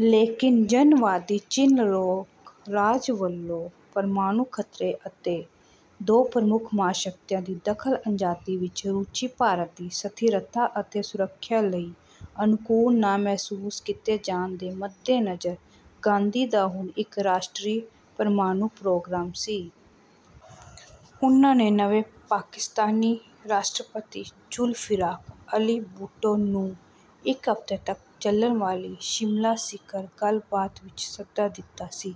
ਲੇਕਿਨ ਜਨਵਾਦੀ ਚੀਨ ਲੋਕ-ਰਾਜ ਵਲੋਂ ਪਰਮਾਣੁ ਖਤਰੇ ਅਤੇ ਦੋ ਪ੍ਰਮੁੱਖ ਮਹਾਸ਼ਕਤੀਆਂ ਦੀ ਦਖਲ ਅੰਦਾਜੀ ਵਿੱਚ ਰੁਚੀ ਭਾਰਤ ਦੀ ਸਥਿਰਤਾ ਅਤੇ ਸੁਰੱਖਿਆ ਲਈ ਅਨੁਕੂਲ ਨਾ ਮਹਿਸੂਸ ਕੀਤੇ ਜਾਣ ਦੇ ਮੱਦੇ ਨਜ਼ਰ, ਗਾਂਧੀ ਦਾ ਹੁਣ ਇੱਕ ਰਾਸ਼ਟਰੀ ਪਰਮਾਣੂ ਪ੍ਰੋਗਰਾਮ ਸੀ। ਉਨ੍ਹਾਂ ਨੇ ਨਵੇਂ ਪਾਕਿਸਤਾਨੀ ਰਾਸ਼ਟਰਪਤੀ ਜੁਲਫਿਕਾਰ ਅਲੀ ਭੁੱਟੋ ਨੂੰ ਇੱਕ ਹਫ਼ਤੇ ਤੱਕ ਚਲਣ ਵਾਲੀ ਸ਼ਿਮਲਾ ਸਿਖਰ ਗੱਲ ਬਾਤ ਵਿੱਚ ਸੱਦਾ ਦਿੱਤਾ ਸੀ।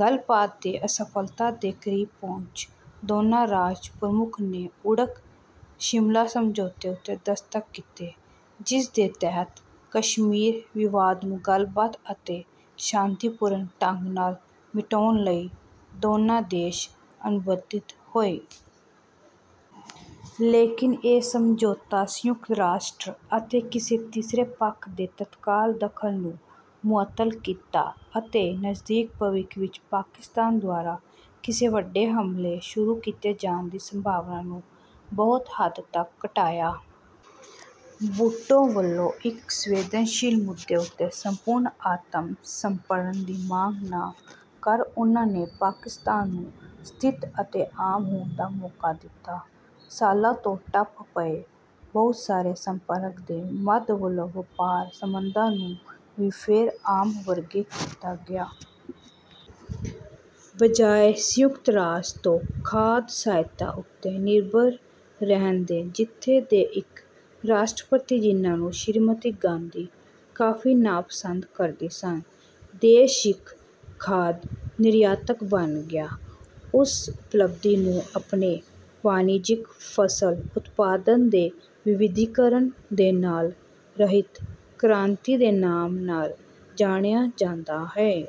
ਗੱਲ ਬਾਤ ਦੇ ਅਸਫਲਤਾ ਦੇ ਕਰੀਬ ਪਹੁੰਚ ਦੋਨਾਂ ਰਾਜ ਪ੍ਰਮੁੱਖ ਨੇ ਓੜਕ ਸ਼ਿਮਲਾ ਸਮਝੌਤੇ ਉੱਤੇ ਦਸਤਖ਼ਤ ਕੀਤੇ, ਜਿਸਦੇ ਤਹਿਤ ਕਸ਼ਮੀਰ ਵਿਵਾਦ ਨੂੰ ਗੱਲ ਬਾਤ ਅਤੇ ਸ਼ਾਂਤੀਪੂਰਨ ਢੰਗ ਨਾਲ ਮਿਟਾਉਣ ਲਈ ਦੋਨਾਂ ਦੇਸ਼ ਅਨੁਬੰਧਿਤ ਹੋਏ। ਲੇਕਿਨ ਇਹ ਸਮਝੌਤਾ ਸੰਯੁਕਤ ਰਾਸ਼ਟਰ ਅਤੇ ਕਿਸੇ ਤੀਸਰੇ ਪੱਖ ਦੇ ਤੱਤਕਾਲ ਦਖਲ ਨੂੰ ਮੁਅੱਤਲ ਕੀਤਾ ਅਤੇ ਨਜ਼ਦੀਕ ਭਵਿੱਖ ਵਿੱਚ ਪਾਕਿਸਤਾਨ ਦੁਆਰਾ ਕਿਸੇ ਵੱਡੇ ਹਮਲੇ ਸ਼ੁਰੂ ਕੀਤੇ ਜਾਣ ਦੀ ਸੰਭਾਵਨਾ ਨੂੰ ਬਹੁਤ ਹੱਦ ਤੱਕ ਘਟਾਇਆ। ਭੁੱਟੋ ਵਲੋਂ ਇੱਕ ਸੰਵੇਦਨਸ਼ੀਲ ਮੁੱਦੇ ਉੱਤੇ ਸੰਪੂਰਣ ਆਤਮ ਸਮਰਪਣ ਦੀ ਮੰਗ ਨਾ ਕਰ ਉਨ੍ਹਾਂ ਨੇ ਪਾਕਿਸਤਾਨ ਨੂੰ ਸਥਿਰ ਅਤੇ ਆਮ ਹੋਣ ਦਾ ਮੌਕਾ ਦਿੱਤਾ। ਸਾਲਾਂ ਤੋਂ ਠੱਪ ਪਏ ਬਹੁਤ ਸਾਰੇ ਸੰਪਰਕਾਂ ਦੇ ਮੱਧ ਵਲੋਂ ਵਪਾਰ ਸਬੰਧਾਂ ਨੂੰ ਵੀ ਫੇਰ ਆਮ ਵਰਗੇ ਕੀਤਾ ਗਿਆ। ਬਜਾਏ ਸੰਯੁਕਤ ਰਾਜ ਤੋਂ ਖਾਧ ਸਹਾਇਤਾ ਉੱਤੇ ਨਿਰਭਰ ਰਹਿਣ ਦੇ- ਜਿੱਥੇ ਦੇ ਇੱਕ ਰਾਸ਼ਟਰਪਤੀ ਜਿਨ੍ਹਾਂ ਨੂੰ ਸ਼੍ਰੀਮਤੀ ਗਾਂਧੀ ਕਾਫ਼ੀ ਨਾਪਸੰਦ ਕਰਦੀ ਸਨ, ਦੇਸ਼ ਇੱਕ ਖਾਧ ਨਿਰਿਆਤਕ ਬਣ ਗਿਆ। ਉਸ ਉਪਲਬਧੀ ਨੂੰ ਆਪਣੇ ਵਾਣਿਜਿਕ ਫਸਲ ਉਤਪਾਦਨ ਦੇ ਵਿਵਿਧੀਕਰਨ ਦੇ ਨਾਲ ਹਰਿਤ ਕ੍ਰਾਂਤੀ ਦੇ ਨਾਮ ਨਾਲ ਜਾਣਿਆ ਜਾਂਦਾ ਹੈ।